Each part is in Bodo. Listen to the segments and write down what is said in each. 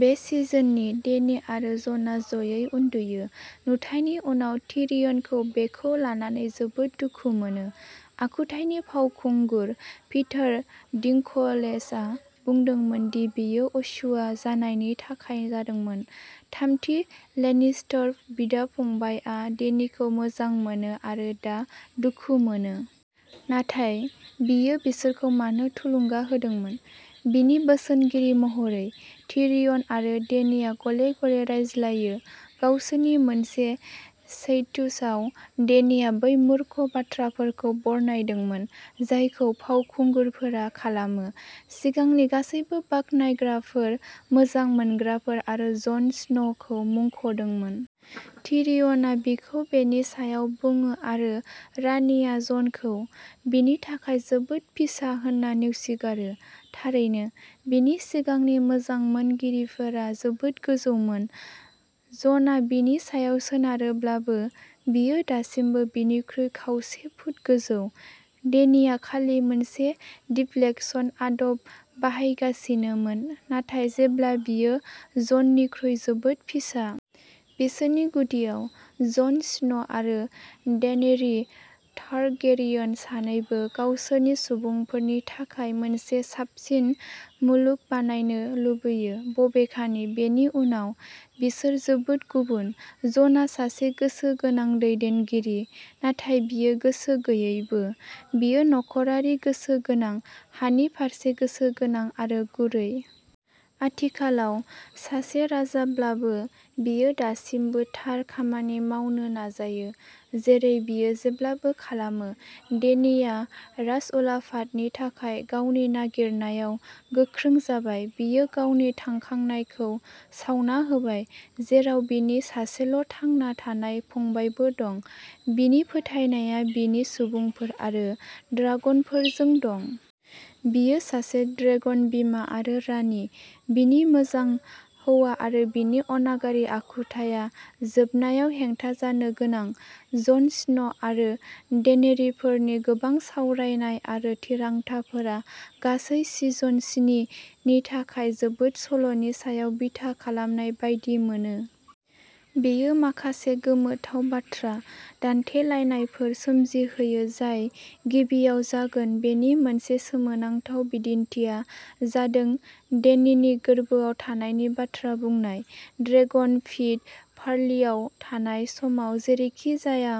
बे सिजननि, डेनी आरो जनआ ज'यै उन्दुयो। नुथायनि उनाव, टिरियनखौ बेखौ लानानै जोबोद दुखु मोनो। आखुथायनि फावखुंगुर, पिटार डिंकलेजआ बुंदोंमोन दि बेयो असूया जानायनि थाखाय जादोंमोन थामथि लेनिस्टार बिदा-फंबायआ डेनीखौ मोजां मोनो आरो दा दुखु मोनो। नाथाय, बियो बिसोरखौ मानो थुलुंगा होदोंमोन? बिनि बोसोनगिरि महरै, टिरियन आरो डेनीआ गले-गले रायज्लायो। गावसोरनि मोनसे चैट्सआव, डेनीआ बै मूर्ख बाथ्राफोरखौ बरनायदोंमोन, जायखौ फावखुंगुरफोरा खालामो, सिगांनि गासैबो बाख्नायग्राफोर, मोजां मोनग्राफोर आरो जन स्न'खौ मुंख'दोंमोन। टिरियनआ बिखौ बेनि सायाव बुङो आरो रानिआ ज'नखौ "बिनि थाखाय जोबोद फिसा" होन्ना नेवसिगारो। थारैनो, बिनि सिगांनि मोजां मोनगिरिफोरा जोबोद गोजौमोन। जनआ बिनि सायाव सोनारोब्लाबो, बियो दासिमबो बिनिख्रुइ खावसे फुट गोजौ। डेनीआ खालि मोनसे दिफ्लेक्शन आदब बाहायगासिनोमोन, नाथाय जेब्ला बियो जननिख्रुइ जोबोद फिसा। बिसोरनि गुदियाव, जन स्नो आरो डेनेरि टारगेरियन सानैबो गावसोरनि सुबुंफोरनि थाखाय मोनसे साबसिन मुलुग बानायनो लुबैयो। बबेखानि, बेनि उनाव, बिसोर जोबोद गुबुन। जनआ सासे गोसो गोनां दैदेनगिरि, नाथाय बियो गोसो गैयैबो। बियो नखरारि गोसो गोनां, हानि फारसे गोसो गोनां, आरो गुरै। आथिखालाव सासे राजाब्लाबो, बियो दासिमबो थार खामानि मावनो नाजायो, जेरै बियो जेब्लाबो खालामो। डेनिआ राजउलाफादनि थाखाय गावनि नागिरनायाव गोख्रों जाबाय। बियो गावनि थांखांनायखौ सावना होबाय, जेराव बिनि सासेल'थांना थानाय फंबायबो दं। बिनि फोथायनाया बिनि सुबुंफोर आरो ड्रागनफोरजों दं। बियो सासे ड्रेगन बिमा आरो रानि। बिनि मोजां हौवा आरो बिनि अनागारि आखुथाइया जोबनायाव हेंथा जानो गोनां। जन स्नो आरो डेनेरिफोरनि गोबां सावरायनाय आरो थिरांथाफोरा गासै सिजन स्नि नि थाखाय जोबोद सल'नि सायाव बिथा खालामनाय बायदि मोनो। बेयो माखासे गोमोथाव बाथ्रा दान्थेलायनायफोर सोमजिहोयो जाय गिबियाव जागोन। बेनि मोनसे सोमोनांथाव बिदिन्थिआ जादों डेनिनि गोर्बोआव थानायनि बाथ्रा बुंनाय। ड्रेगन पिट पार्लिआव थानाय समाव, जेरैखिजाया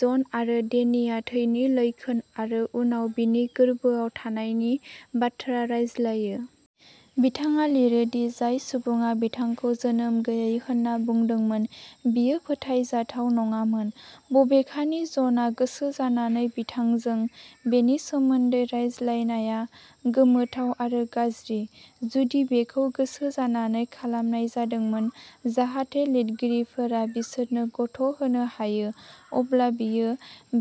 जन आरो डेनिआ थैनि लैखोन आरो उनाव बिनि गोर्बोआव थानायनि बाथ्रा रायज्लायो। बिथाङा लिरो दि जाय सुबुङा बिथांखौ जोनोम गैयै होनना बुंदोंमोन बियो फोथायजाथाव नङामोन। बबेखानि, ज'ना गोसोजानानै बिथांजों बेनि सोमोन्दै रायज्लायनायआ गोमोथाव आरो गाज्रि। जुदि बेखौ गोसोजानानै खालामनाय जादोंमोन जाहाथे लिरगिरिफोरा बिसोरनो गथ'होनो हायो, अब्ला बेयो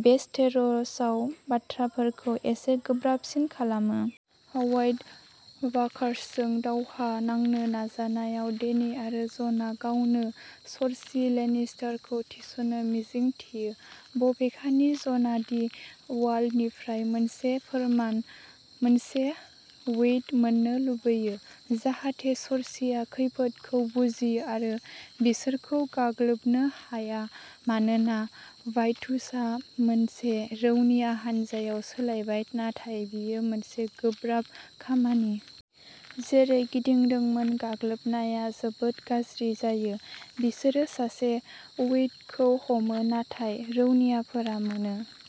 वेस्टेर'सआव बाथ्राफोरखौ एसे गोब्राबसिन खालामो। व्हाइट वाकार्सजों दावहा नांनो नाजानायाव, डेनी आरो ज'ना गावनो सर्सी लेनिस्टारखौ थिसननो मिजिंथियो। बबेखानि, ज'ना दि वालनिफ्राय मोनसे फोरमान, मोनसे उइट मोन्नो लुगैयो, जाहाथे सर्सीआ खैफोदखौ बुजियो आरो बिसोरखौ गाग्लोबनो हाया। मानोना वाइट्सआ मोनसे रौनिया हानजायाव सोलायबाय, नाथाय बेयो मोनसे गोब्राब खामानि। जेरै गिदोंमोन, गाग्लोबनाया जोबोद गाज्रि जायो। बिसोरो सासे उइटखौ हमो, नाथाय रौनियाफोरा मोनो।